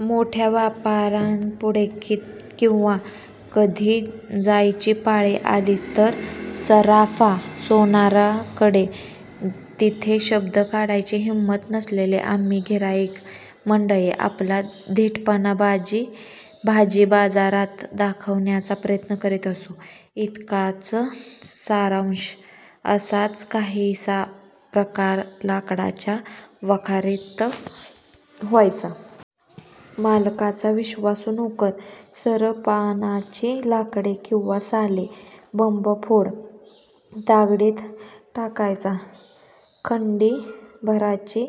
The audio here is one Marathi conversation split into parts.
मोठ्या व्यापाऱ्यांपुढे किंवा कधी जायची पाळी आलीच तर सराफा- सोनाराकडे, तिथे शब्द काढायची हिंमत नसलेले आम्ही गिऱ्हाईक मंडळी आपला धीटपणा भाजीबाजारात दाखवण्याचा प्रयत्न करीत असू. इतकाच सारांश. असाच काहीसा प्रकार लाकडाच्या वखारीत व्हायचा. मालकाचा विश्वासू नोकर सरपणाची लाकडे, किंवा साली, बंबफोड तागडीत टाकायचा. खंडी भराची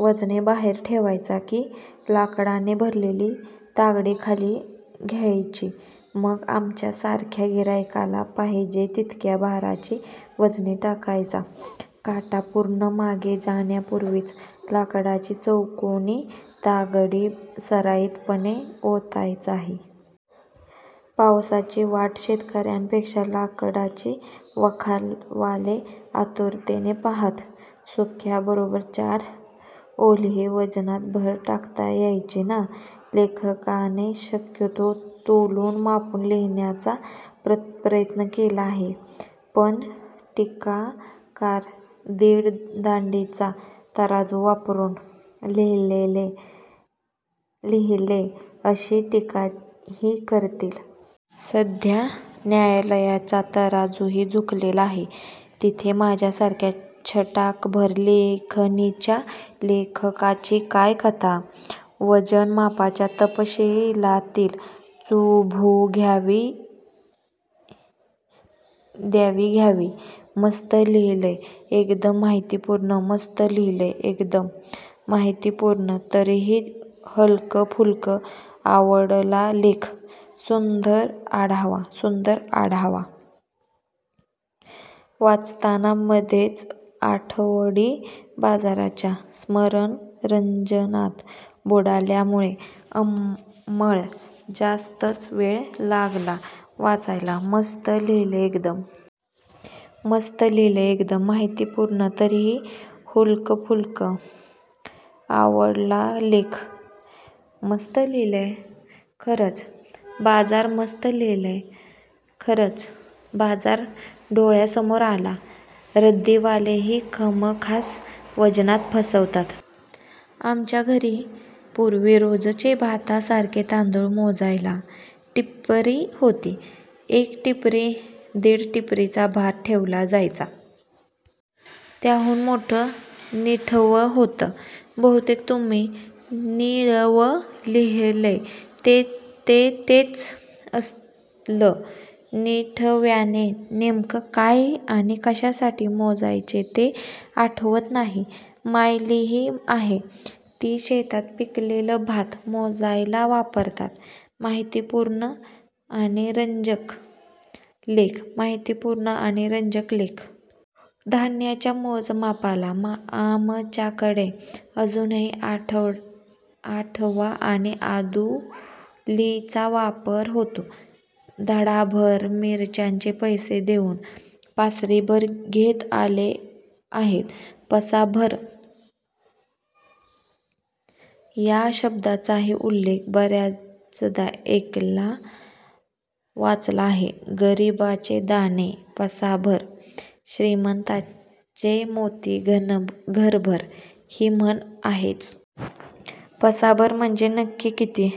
वजने बाहेर ठेवायचा. की लाकडांनी भरलेली तागडी खाली यायची. मग आमच्या सारख्या गिऱ्हाईकाला पाहिजे तितक्या भाराची वजने टाकायचा. काटा पूर्ण मागे जाण्या पूर्वीच लाकडाची चौकोनी तागडी सराईत पणे ओतायचाही! पावसाची वाट शेतकऱ्यांपेक्षा लाकडाची वखारवाले आतुरतेने पाहात. सुक्याबरोबर चार ओलीही वजनात भर टाकता यायची नां, लेखकाने शक्यतो तोलून मापून लिहिण्याचा प्रयत्न केला आहे. पण टीकाकार 'दीड दांडीचा तराजू वापरून' लिहिले अशी टीकाही करतील. सध्या न्यायालयांचा तराजूही झुकलेला आहे तिथे माझ्यासारख्या छटाकभर लेखणीच्या लेखकाची काय कथा! वजन मापाच्या तपशीलातील चु. भू. द्यावी घ्यावी! मस्त लिहिलंय एकदम-माहितीपूर्ण मस्त लिहिलंय एकदम.. माहिती पूर्ण तरीही हलकं-फुलकं, आवडला लेख. सुंदर आढावा, सुंदर आढावा, वाचताना मधेच आठवडी बाजाराच्या स्मरणरंजनात बुडाल्यामुळे अंमळ जास्तच वेळ लागला वाचायला मस्त लिहिलंय एकदम. मस्त लिहिलंय एकदम.. माहितीपूर्ण तरीही हलकंफुलकं, आवडला लेख. मस्त लिहिलंय! खरंच, बाजार मस्त लिहिलंय! खरंच, बाजार डोळ्यासमोर आला. रद्दीवालेही हमखास वजनात फसवतात. आमच्या घरी पूर्वी रोजचे भातासाठीचे तांदूळ मोजायला 'टिपरी' होती. एक टिपरी, दीड टिपरीचा भात ठेवला जायचा. त्याहून मोठं 'निठवं' होतं. बहुतेक तुम्ही निळवं लिहिलंय ते तेच असेल. निठव्याने नेमकं काय आणि कशासाठी मोजायचे ते आठवत नाही. पायलीही आहे. ती शेतात पिकलेलं भात मोजायला वापरतात. माहितीपूर्ण आणि रंजक लेख! माहितीपूर्ण आणि रंजक लेख! धान्याच्या मोजमापाला आमच्याकडे अजूनही आठवा आणि आदुलीचा वापर होतो. धडाभर मिरच्याचे पैसे देऊन पासरीभरच घेत आले आहेत 'पसाभर' या शब्दाचाही उल्लेख बऱ्याचदा ऐकला वाचला आहे. 'गरीबाचे दाणे पसाभर, श्रीमंताचे मोती घरभर' ही म्हण आहेच. पसाभर म्हणजे नक्की किती?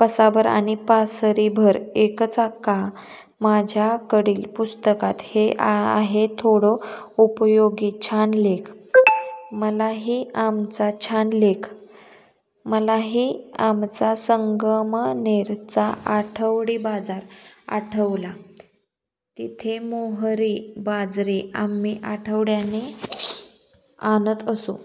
पसाभर आणि पासरीभर एकच का? माझ्याकडील पुस्तकात हे आहे थोडे उपयोगी छान लेख!!! मलाही आमचा छान लेख!!! मलाही आमचा संगमनेर चा आठवडी बाजार आठवला. तिथे मोहरी, बाजरी आम्ही आठव्याने आणत असू.